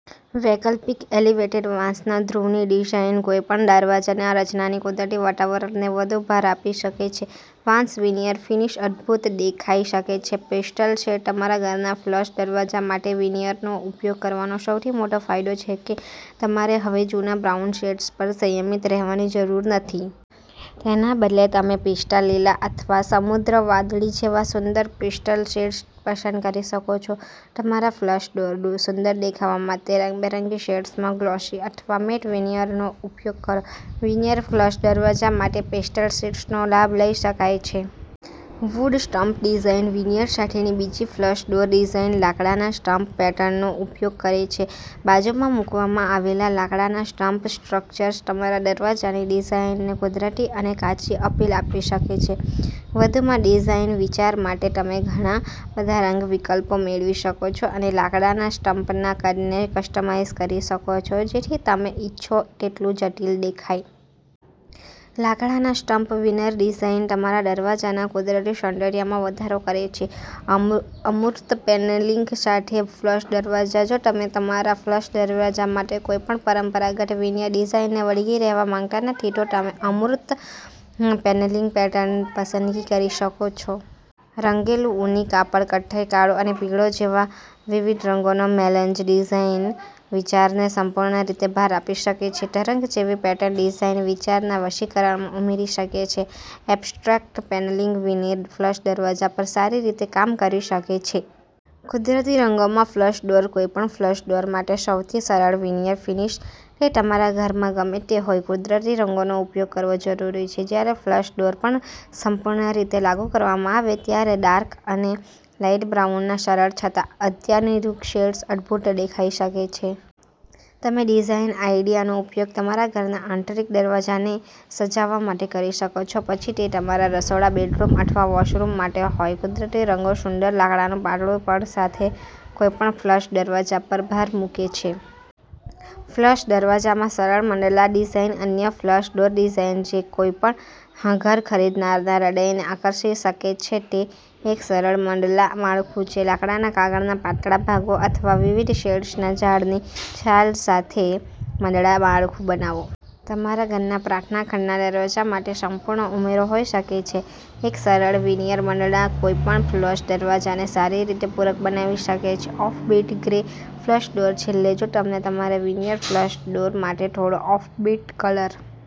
વૈકલ્પિક એલિવેટેડ વાંસના ધ્રુવની ડિઝાઇન કોઈપણ દરવાજાની રચનાના કુદરતી વાતાવરણને વધુ ભાર આપી શકે છે. વાંસ વીનીયર ફિનિશ અદ્ભુત દેખાઈ શકે છે. પેસ્ટલ શેડ તમારા ઘરના ફ્લશ દરવાજા માટે વિનિયરનો ઉપયોગ કરવાનો સૌથી મોટો ફાયદો છે કે તમારે હવે જૂના બ્રાઉન શેડ્સ પર સંયમિત રહેવાની જરૂર નથી. તેના બદલે, તમે પિસ્તા લીલા અથવા સમુદ્ર વાદળી જેવા સુંદર પેસ્ટલ શેડ્સ પસંદ કરી શકો છો. તમારા ફ્લશ ડોર સુંદર દેખાવા માટે રંગબેરંગી શેડ્સમાં ગ્લોસી અથવા મેટ વિનિયરનો ઉપયોગ કરો. વિનિયર ફ્લશ દરવાજા માટે પેસ્ટલ શેડ્સનો લાભ લઈ શકાય છે. વુડ સ્ટમ્પ ડિઝાઇન વિનિયર સાથેની બીજી ફ્લશ ડોર ડિઝાઇન લાકડાના સ્ટમ્પ પેટર્નનો ઉપયોગ કરે છે. બાજુમાં મૂકવામાં આવેલા લાકડાના સ્ટમ્પ સ્ટ્રક્ચર્સ તમારા દરવાજાની ડિઝાઇનને કુદરતી અને કાચી અપીલ આપી શકે છે. વધુમાં, ડિઝાઇન વિચાર માટે, તમે ઘણા બધા રંગ વિકલ્પો મેળવી શકો છો અને લાકડાના સ્ટમ્પના કદને કસ્ટમાઇઝ કરી શકો છો, જેથી તમે ઇચ્છો તેટલું જટિલ દેખાય. લાકડાના સ્ટમ્પ વિનર ડિઝાઇન તમારા દરવાજાના કુદરતી સૌંદર્યમાં વધારો કરે છે. અમૂર્ત પેનલિંગ સાથે ફ્લશ દરવાજા. જો તમે તમારા ફ્લશ દરવાજા માટે કોઈપણ પરંપરાગત વિનિયર ડિઝાઇનને વળગી રહેવા માંગતા નથી, તો તમે અમૂર્ત પેનલિંગ પેટર્ન પસંદ કરી શકો છો. રંગેલું ઊની કાપડ, કથ્થઈ, કાળો અને પીળો જેવા વિવિધ રંગોનો મેલેન્જ ડિઝાઇન વિચારને સંપૂર્ણ રીતે ભાર આપી શકે છે. તરંગ જેવી પેટર્ન ડિઝાઇન વિચારના વશીકરણમાં ઉમેરી શકે છે. એબ્સ્ટ્રેક્ટ પેનલિંગ વિનીર ફ્લશ દરવાજા પર સારી રીતે કામ કરી શકે છે. કુદરતી રંગોમાં ફ્લશ ડોર કોઈપણ ફ્લશ ડોર માટે સૌથી સરળ વિનિયર ફિનિશ, તે તમારા ઘરમાં ગમે તે હોય, કુદરતી રંગોનો ઉપયોગ કરવો જરૂરી છે. જ્યારે ફ્લશ ડોર પર સંપૂર્ણ રીતે લાગુ કરવામાં આવે ત્યારે ડાર્ક અને લાઇટ બ્રાઉનના સરળ છતાં અત્યાધુનિક શેડ્સ અદ્ભુત દેખાઈ શકે છે. તમે ડિઝાઇન આઇડિયાનો ઉપયોગ તમારા ઘરના આંતરિક દરવાજાને સજાવવા માટે કરી શકો છો, પછી તે તમારા રસોડા, બેડરૂમ અથવા વૉશરૂમ માટે હોય. કુદરતી રંગો સુંદર લાકડાનું પાતળું પડ સાથે કોઈપણ ફ્લશ દરવાજા પર ભાર મૂકે છે. ફ્લશ દરવાજામાં સરળ મંડલા ડિઝાઇન અન્ય ફ્લશ ડોર ડિઝાઇન જે કોઈપણ ઘર ખરીદનારના હૃદયને આકર્ષી શકે છે તે એક સરળ મંડલા માળખું છે. લાકડાના કાગળના પાતળા ભાગો અથવા વિવિધ શેડ્સના ઝાડની છાલ સાથે મંડલા માળખું બનાવો. તમારા ઘરના પ્રાર્થના ખંડના દરવાજા માટે સંપૂર્ણ ઉમેરો હોઈ શકે છે. એક સરળ વિનિયર મંડલા કોઈપણ ફ્લશ દરવાજાને સારી રીતે પૂરક બનાવી શકે છે ઓફબીટ ગ્રે ફ્લશ ડોર છેલ્લે, જો તમને તમારા વિનિયર ફ્લશ ડોર માટે થોડો ઓફબીટ કલર